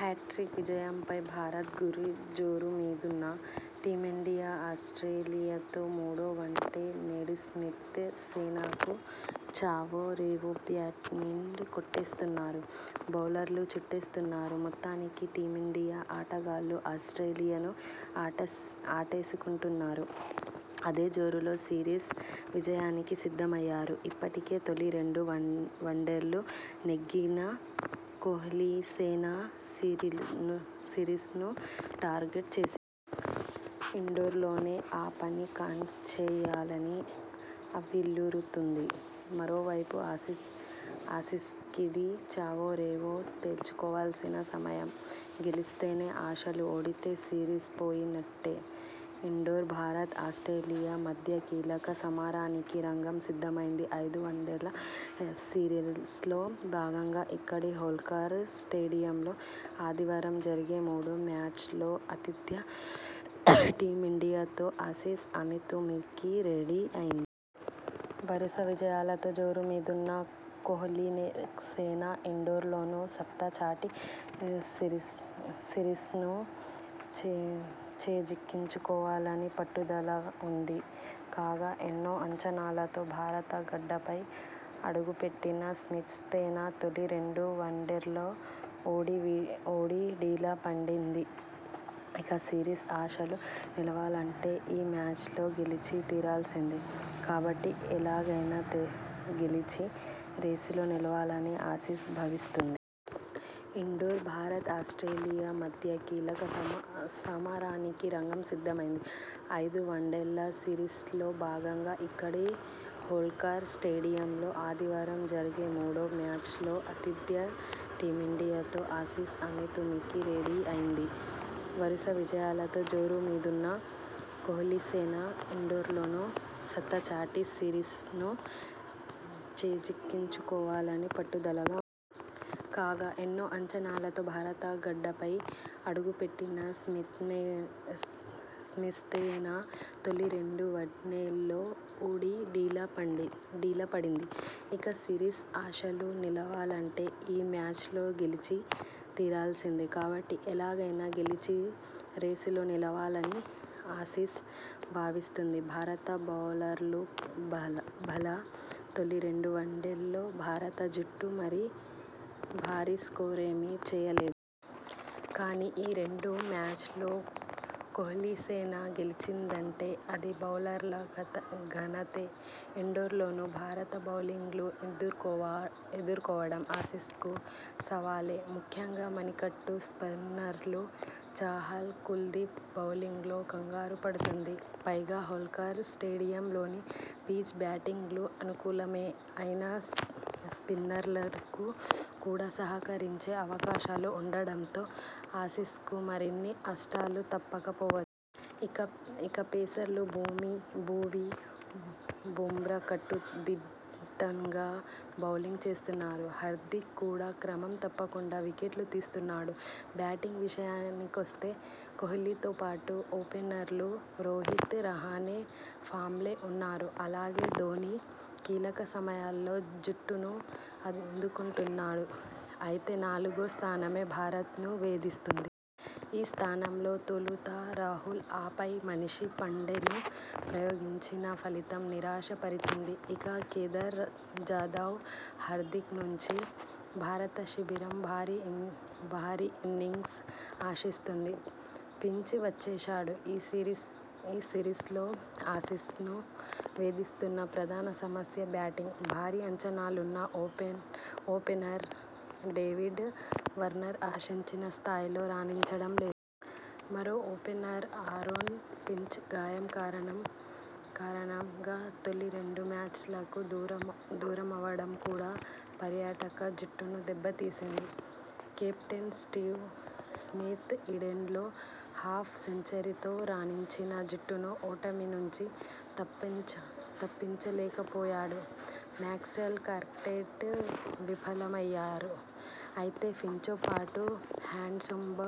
Hat trick విజయంపై భారత్ గురిజోరుమీదున్న టీమిండియాఆస్ర్టేలియాతో మూడో వన్డే నేడుస్మిత్ సేనకు చావో రేవోబ్యాట్స్మెన్ కొట్టేస్తున్నారు.. బౌలర్లు చుట్టేస్తున్నారు.. మొత్తానికి టీమిండియా ఆటగాళ్లు ఆస్ర్టేలియాను ఆటెసుకుంటున్నారు..! అదే జోరులో సిరీస్ విజయానికి సిద్ధమయ్యారు..! ఇప్పటికే తొలి రెండు వన్డేలు నెగ్గిన కోహ్లీసేన సిరీస్ను టార్గెట్ చేసింది..! ఇండోర్లోనే ఆ పని కానిచ్చేయాలని ఉవ్విళ్లూరుతోంది..! మరోవైపు ఆసీస్కిది చావో రేవో తేల్చుకోవాల్సిన సమయం..! గెలిస్తేనే ఆశలు.. ఓడితే సిరీస్ పోయినట్టే..! ఇండోర్: భారత్-ఆస్ర్టేలియా మధ్య కీలక సమరానికి రంగం సిద్ధమైంది. ఐదు వన్డేల సిరీస్లో భాగంగా ఇక్కడి హోల్కర్ స్టేడియంలో ఆదివారం జరిగే మూడో మ్యాచ్లో ఆతిథ్య టీమిండియాతో ఆసీస్ అమీతుమీకి రెడీ అయింది. వరుస విజయాలతో జోరు మీదున్న కోహ్లీసేన ఇండోర్లోనూ సత్తాచాటి సిరీస్ను చేజిక్కించుకోవాలని పట్టుదలగా ఉంది. కాగా.. ఎన్నోఅంచనాలతో భారత గడ్డపై అడుగుపెట్టిన స్మిత్సేన తొలి రెండు వన్డేల్లో ఓడి డీలా పడింది. ఇక సిరీస్ ఆశలు నిలవాలంటే ఈ మ్యాచ్లో గెలిచి తీరాల్సిందే. కాబట్టి ఎలాగైనా గెలిచి రేసులో నిలవాలని ఆసీస్ భావిస్తోంది! ఇండోర్: భారత్-ఆస్ర్టేలియా మధ్య కీలక సమరానికి రంగం సిద్ధమైంది. ఐదు వన్డేల సిరీస్లో భాగంగా ఇక్కడి హోల్కర్ స్టేడియంలో ఆదివారం జరిగే మూడో మ్యాచ్లో ఆతిథ్య టీమిండియాతో ఆసీస్ అమీతుమీకి రెడీ అయింది. వరుస విజయాలతో జోరు మీదున్న కోహ్లీసేన ఇండోర్లోనూ సత్తాచాటి సిరీస్ను చేజిక్కించుకోవాలని పట్టుదలగా. కాగా.. ఎన్నోఅంచనాలతో భారత గడ్డపై అడుగుపెట్టిన స్మిత్సేన తొలి రెండు వన్డేల్లో ఓడి డీలా పడింది. ఇక సిరీస్ ఆశలు నిలవాలంటే ఈ మ్యాచ్లో గెలిచి తీరాల్సిందే. కాబట్టి ఎలాగైనా గెలిచి రేసులో నిలవాలని ఆసీస్ భావిస్తోంది! భారత బౌలర్లు భళా.. తొలి రెండు వన్డేల్లో భారత జట్టు మరీ భారీ స్కోరేమీ చేయలేదు. కానీ.. ఈ రెండు మ్యాచ్ల్లో కోహ్లీసేన గెలిచిందంటే అది బౌలర్ల ఘనతే. ఇండోర్లోనూ భారత బౌలింగ్ను ఎదుర్కోవ డం ఆసీస్కు సవాలే. ముఖ్యంగా మణికట్టు స్పిన్నర్లు చాహల్, కుల్దీప్ బౌలింగ్లో కంగారు పడుతోంది. పైగా హోల్కర్ స్టేడియం లోని పిచ్ బ్యాటింగ్కు అనుకూలమే అయినా స్పిన్నర్లకు కూడా సహకరించే అవకాశాలు ఉండడంతో ఆసీస్కు మరిన్ని కష్టాలు తప్పకపోవచ్చు. ఇక పేసర్లు భువీ, బుమ్రా కట్టుదిట్టంగా బౌలింగ్ చేస్తున్నారు. హార్దిక్ కూడా క్రమం తప్పకుండా వికెట్లు తీస్తున్నా డు. బ్యాటింగ్ విషయానికొస్తే.. కోహ్లీతోపాటు ఓపెనర్లు రోహిత్, రహానె ఫామ్లో ఉన్నారు. అలాగే ధోనీ కీలక సమయాల్లో జుట్టును ఆదుకుంటున్నాడు. అయితే నాలుగో స్థానమే భారత్ను వేధిస్తోంది. ఈ స్థానంలో తొలుత రాహుల్, ఆపై మనీష్ పాండేను ప్రయోగించినా ఫలితం నిరాశ పరిచింది. ఇక కేదార్ జాదవ్, హార్దిక్ నుంచి భారత శిబిరం భారీ ఇన్నింగ్స్ ఆశిస్తోంది. ఫించ్ వచ్చేశాడు.. ఈ సిరీస్లో ఆసీస్ను వేధిస్తున్న ప్రధాన సమస్య బ్యాటింగ్. భారీ అంచనాలున్న ఓపెనర్ డేవిడ్ వార్నర్ ఆశించిన స్థాయిలో రాణించడం లేదు. మరో ఓపెనర్ ఆరోన్ ఫించ్ గాయం కారణం గా తొలి రెండు మ్యాచ్లకు దూరమవడం కూడా పర్యాటక జట్టును దెబ్బతీసింది. కెప్టెన్ స్టీవ్ స్మిత్ ఈడెన్లో హాఫ్ సెంచరీ తో రాణించినా జట్టును ఓటమినుంచి తప్పించలేకపోయాడు. మాక్స్వెల్, కార్ట్రైట్ విఫలమయ్యారు. అయితే ఫించ్తోపాటు హ్యాండ్స్కోంబ్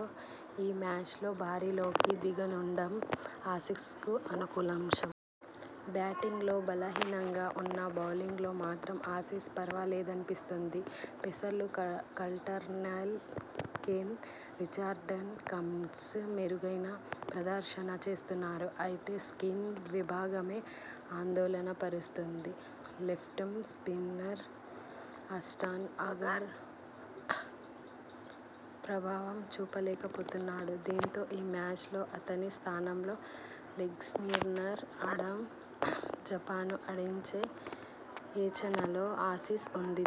ఈ మ్యాచ్లో బరిలోకి దిగనుండడం ఆసీస్కు సానుకూలాంశం. బ్యాటింగ్లో బలహీనంగా ఉన్నా బౌలింగ్లో మాత్రం ఆసీస్ పర్వాలేదనిపిస్తోంది. పేసర్లు కల్టర్నైల్, కేన్ రిచర్డ్సన్, కమిన్స్ మెరుగైన ప్రదర్శన చేస్తున్నారు. అయితే స్పిన్ విభాగమే ఆందోళన పరుస్తోంది. లెఫ్టామ్ స్పిన్నర్ ఆస్టన్ అగర్ ప్రభావం చూపలేకపోతున్నాడు. దీంతో ఈ మ్యాచ్లో అతని స్థానంలో లెగ్స్పిన్నర్ ఆడమ్ జంపాను ఆడించే యోచనలో ఆసీస్ ఉంది. జట్లు